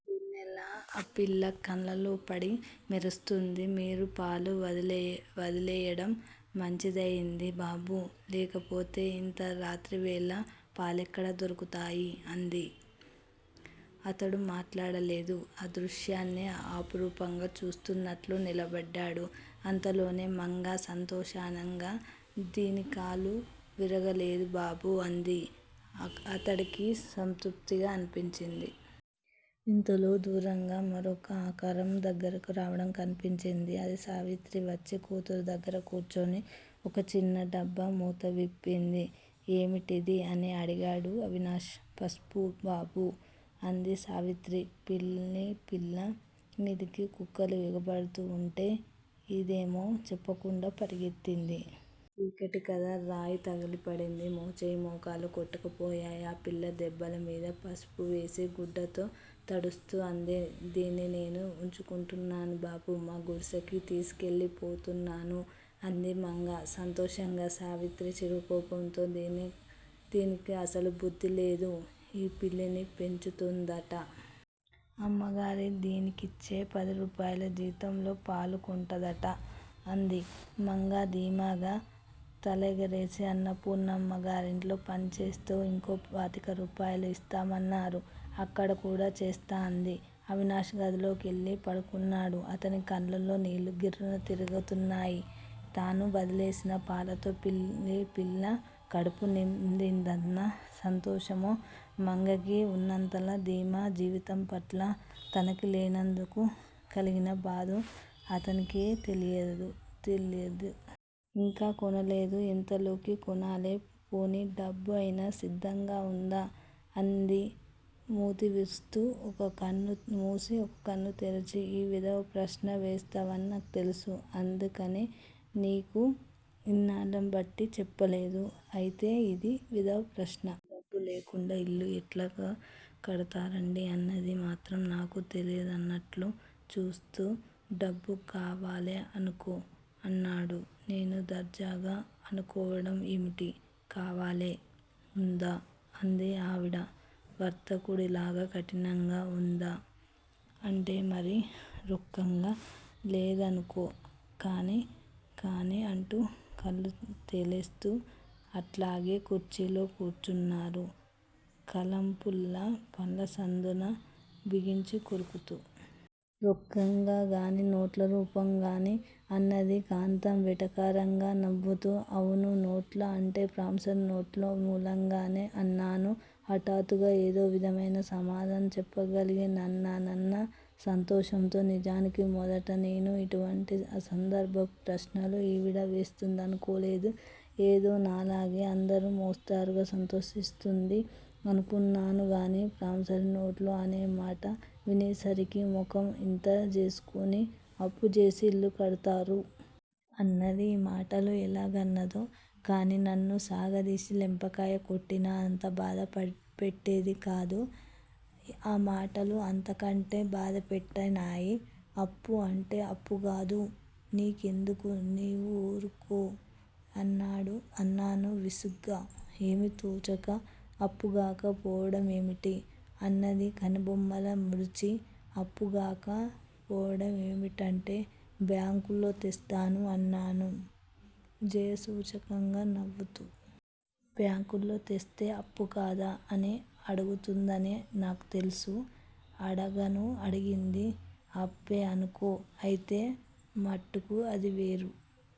వెన్నెల ఆ పిల్లి కళ్ళల్లోపడి మెరుస్తోంది. మీరు పాలు వదిలేయటం మంచిదయింది బాబూ. లేకపోతే ఇంత రాత్రివేళ పాలెక్కడ దొరుకుతాయి అంది. అతడు మాట్లాడలేదు. ఆ దృశ్యాన్నే అపురూపంగా చూస్తున్నట్లు నిలబడ్డాడు. అంతలోనే మంగ సంతోషంగా దీని కాలు విరగలేదు బాబూ అంది. అతడికి సంతృప్తిగా అనిపించింది. ఇంతలో దూరంగా మరొక ఆకారం దగ్గరికి రావడం కనిపించింది. అది సావిత్రి. వచ్చి కూతురి దగ్గర కూర్చొని ఒక చిన్న డబ్బా మూతవిప్పింది. ఏమిటిది? అని అడిగాడు అవినాష్. పసుపు బాబూ అంది సావిత్రి. పిల్లిపిల్ల మీదకి కుక్కలు ఎగబడుతూ వుంటే ఇదేమో చెప్పకుండా పరిగెత్తింది. చీకటి కదా. రాయితగిలి పడింది. మోచేతులు, మోకాళ్ళు కొట్టుకుపోయాయి ఆ పిల్ల దెబ్బల మీద పసుపువేసి గుడ్డతో తడుస్తూ అంది. దీన్ని నేను వుంచుకుంటున్నానుబాబూ. మా గుడిసెకి తీసికెళ్ళి పోతున్నాను అంది మంగ సంతోషంగా. సావిత్రి చిరుకోపంతో దీని కసలు బుద్ధిలేదు. ఈ పిల్లిని పెంచుతుందట. అమ్మగారు దీనికిచ్చే పదిరూపాయలు జీతంలో పాలు కొంటుందట అంది. మంగ ధీమాగా తలెగరెసి అన్నపూర్ణమ్మగారింట్లో పనిచేస్తే ఇంకో పాతిక రూపాయలు యిస్తామన్నారు. అక్కడకూడా చేస్తా అంది. అవినాష్ గదిలోకెళ్ళి పడుకున్నాడు. అతడి కళ్ళల్లో నీళ్ళు గిర్రున తిరుగుతున్నాయి. తను వదిలేసినా పాలతో పిల్లిపిల్ల కడుపు నిందిందన్న సంతోషమో, మంగకి వున్నంత ధీమా జీవితంపట్ల తనకి లేనందుకు కలిగిన బాధో అతడికే తెలీదు. 'యింకా కొనలేదు, ఎంతలోకి కొనాలె! ' 'పోనీ డబ్బు అయినా సిద్దంగా ఉందా' అంది మూతి విరుస్తూ ఒక కన్ను మూసి ఒక కన్ను తెరచి. 'ఈ వెధవ ప్రశ్నలు వేస్తావని నాకు తెలుసు. అందుకనే నీకు యిన్నాళ్ళ బట్టీ చెప్పలేదు. అయితే యిది వెధవప్రశ్న?? డబ్బు లేకుండా యిల్లు ఎల్లాగ కడతారండీ అన్నది మాత్రం నాకు తెలియదన్నట్లు చూస్తూ. 'డబ్బు కావాలే అనుకో' అన్నాను నేను దర్జాగా 'అనుకోవటం ఏమిటీ? కావాలె_ఉందా? ' అంది ఆవిడ వర్తకుడిలాగ కఠినంగా? 'ఉందా అంటేమరీ రొక్కంగా లేదనుకో కానీ కానీ ' అంటూ కళ్ళు తేలేస్తూ అట్టాగే కుర్చీలో కూర్చున్నాను కలంపుల్ల పళ్ళసందున బిగించికొరుకుతూ. 'రొక్కంగా గాక నోట్లరూపంగానా అన్నది కాంతం వెటకారంగా నవ్వుతూ. ' 'అవునూ నోట్లో అంటే ప్రానిసరీనోట్లు మూలకంగా' అన్నాను. హఠాత్తుగా ఏదోవిధమైన సమాధానం చెప్పగలిగినానన్న సంతోషంతో నిజానికి మొదట నేను ఇటువంటి అసందర్భపు ప్రశ్నలు ఈవిడ వేస్తుందనుకోలేదు ఏదోనాలాగే అందరి మోస్తరుగా సంతోషిస్తుంది అనుకున్నానుగాని. ప్రామసరీ నోటు అనేమాట వినేసరికి, ముఖం ఇంత జేసుకొని అప్పుజేసి ఇల్లుకడతారూ? అన్నది. ఈమాటలు ఎల్లాగన్నదో కానినన్ను సాగదీసి లెంపకాయ కొట్టినా, అంతబాధ పెట్టేదికాదు. ఆ మాటలు అంతకంటె బాధపెట్టినయి. 'అప్పు అంటే అప్పుగాదు. నీ కెందుకూ నీవు ఊరుకో' అన్నాను విసుగ్గా ఏమీ తోచక. 'అప్పుగాక పోవటం ఏమిటి? అన్నది కనుబొమ్మలు ముడిచి. 'అప్పుగాక పోవటం ఏమిటంటే బ్యాంకులో తెస్తాను' అన్నాను జయసూచకంగా నవ్వుతూ. 'బ్యాంకులో తెస్తే అప్పుగాదా? అని అడుగుతుందని నాకు తెలుసూ. అడగనూ అడిగింది. ' అప్పే అనుకో, అయితే మట్టుకు అదివేరు.